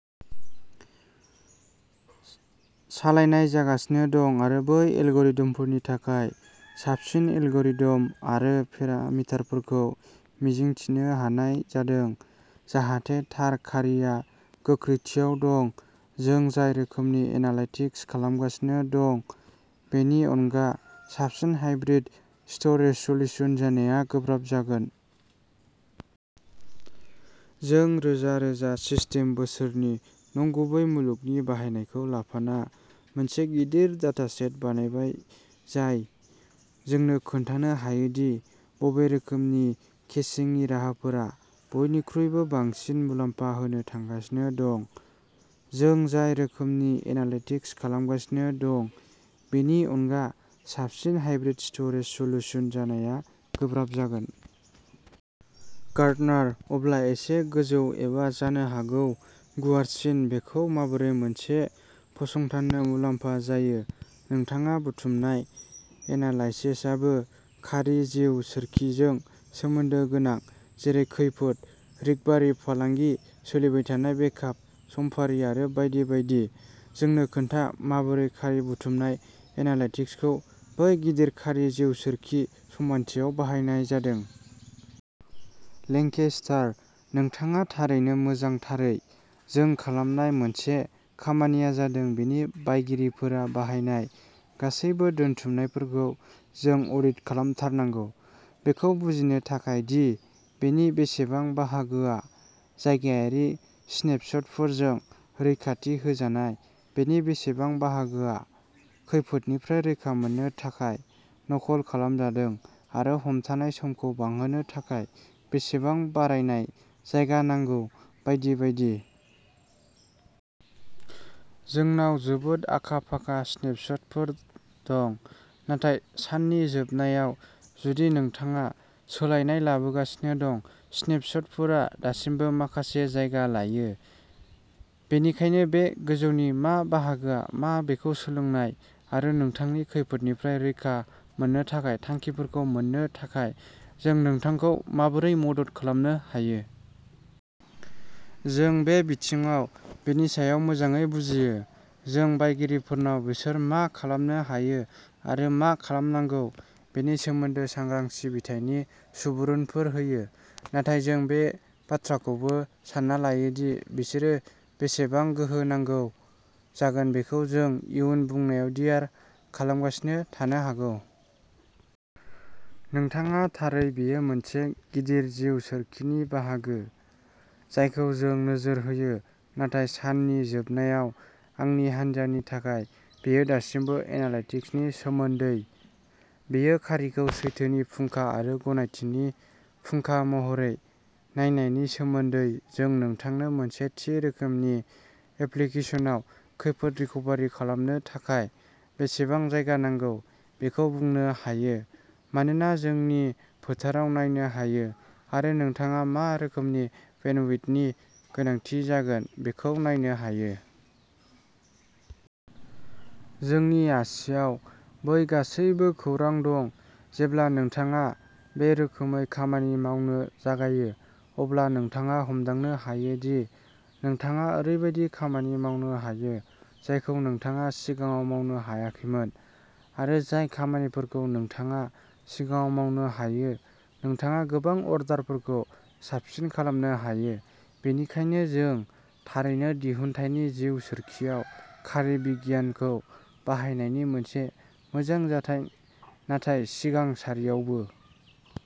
सालायनाय जागासिनो दं आरो बै एलगरिद'मफोरनि थाखाय साबसिन एलगरिद'म आरो पेरामिटारफोरखौ मिजिंथिनो हानाय जादों जाहाथे थार खारिआ गोख्रैथियाव दं जों जाय रोखोमनि एनालाइटिक्स खालामगासिनो दं बेनि अनगा साबसिन हाइब्रिद स्ट'रेज सल्युशन जानाया गोब्राब जागोन। जों रोजा रोजा सिस्टेम बोसोरनि नंगुबै मुलुगनि बाहायनायखौ लाफाना मोनसे गिदिर डाटासेट बानायबाय जाय जोंनो खोन्थानो हायोदि बबे रोखोमनि केशिंनि राहाफोरा बयनिख्रुइबो बांसिन मुलाम्फा होनो थांगासिनो दं। जों जाय रोखोमनि एनालाइटिक्स खालामगासिनो दं बेनि अनगा साबसिन हाइब्रिद स्ट'रेज सल्युशन जानाया गोब्राब जागोन। गार्डनार अब्ला एसे गोजौ एबा जानो हागौ गुवारसिन बेखौ माबोरै मोनसे फसंथाननो मुलाम्फा जायो नोंथाङा बुथुमनाय एनालाइसेसआबो खारि जिउ सोरखिजों सोमोन्दो गोनां जेरै खैफोद रिकभारि फालांगि सोलिबायथानाय बेकआप समफारि आरो बायदि बायदि। जोंनो खोन्था माबोरै खारि बुथुमनाय एनालाइटिक्सखौ बै गिदिर खारि जिउ सोरखि समानथियाव बाहायनाय जादों। लेंकेस्टार नोंथाङा थारैनो मोजां थारै जों खालामनाय मोनसे खामानिया जादों जोंनि बायगिरिफोरा बाहायनाय गासैबो दोनथुमनायफोरखौ जों अडिट खालामथारनांगौ बेखौ बुजिनो थाखाय दि बेनि बेसेबां बाहागोआ जायगायारि स्नेपशटफोरजों रैखाथि होजानाय बेनि बेसेबां बाहागोआ खैफोदनिफ्राय रैखा मोननो थाखाय नखल खालामजादों आरो हमथानाय समखौ बांहोनो थाखाय बेसेबां बारायनाय जायगा नांगौ बायदि बायदि। जोंनाव जोबोद आखा फाखा स्नेपशटफोर दं नाथाय साननि जोबनायाव जुदि नोंथाङा सोलायनाय लाबोगासिनो दं स्नेपशटफोरा दासिमबो माखासे जायगा लायो। बेनिखायनो बे गोजौनि मा बाहागोआ मा बेखौ सोलोंनाय आरो नोंथांनि खैफोदनिफ्राय रैखा मोननो थाखाय थांखिफोरखौ मोन्नो थाखाय जों नोंथांखौ माबोरै मदद खालामनो हायो। जों बे बिथिङाव बेनि सायाव मोजाङै बुजियो। जों बायगिरिफोरनाव बिसोर मा खालामनो हायो आरो मा खालामनांगौ बेनि सोमोन्दै सांग्रां सिबिथायनि सुबुरुनफोर होयो। नाथाय जों बे बाथ्राखौबो सान्ना लायो दि बिसोरो बेसेबां गोहो नांगौ जागोन बेखौ जों इयुन बुंनायाव डिआर खालामगासिनो थानो हागौ। नोंथाङा थारै बेयो मोनसे गिदिर जिउ सोरखिनि बाहागो जायखौ जों नोजोर होयो नाथाय साननि जोबनायाव आंनि हानजानि थाखाय बेयो दासिमबो एनालाइटिक्सनि सोमोन्दै। बेयो खारिखौ सैथोनि फुंखा आरो गनायथिनि फुंखा महरै नायनायनि सोमोन्दै जों नोंथांनो मोनसे थि रोखोमनि एप्लिकेसनआव खैफोद रिकभारि खालामनो थाखाय बेसेबां जायगा नांगौ बेखौ बुंनो हायो मानोना जों जोंनि फोथाराव नायनो हायो आरो नोंथाङा मा रोखोमनि बेन्डविड्थनि गोनांथि जागोन बेखौ नायनो हायो। जोंनि आसिआव बै गासैबो खौरां दं जेब्ला नोंथाङा बे रोखोमै खामानि मावनो जागायो अब्ला नोंथाङा हमदांनो हायो दि नोंथाङा ओरैबायदि खामानि मावनो हायो जायखौ नोंथाङा सिगाङाव मावनो हायाखैमोन आरो जाय खामानिफोरखौ नोंथाङा सिगाङाव मावनो हायो नोंथाङा गोबां अर्डारफोरखौ साबसिन खालामनो हायो बेनिखायनो जों थारैनो दिहुनथायनि जिउ सोरखिआव खारि बिगियानखौ बाहायनायनि मोनसे मोजां जाथाय नाथाय सिगां सारियावबो।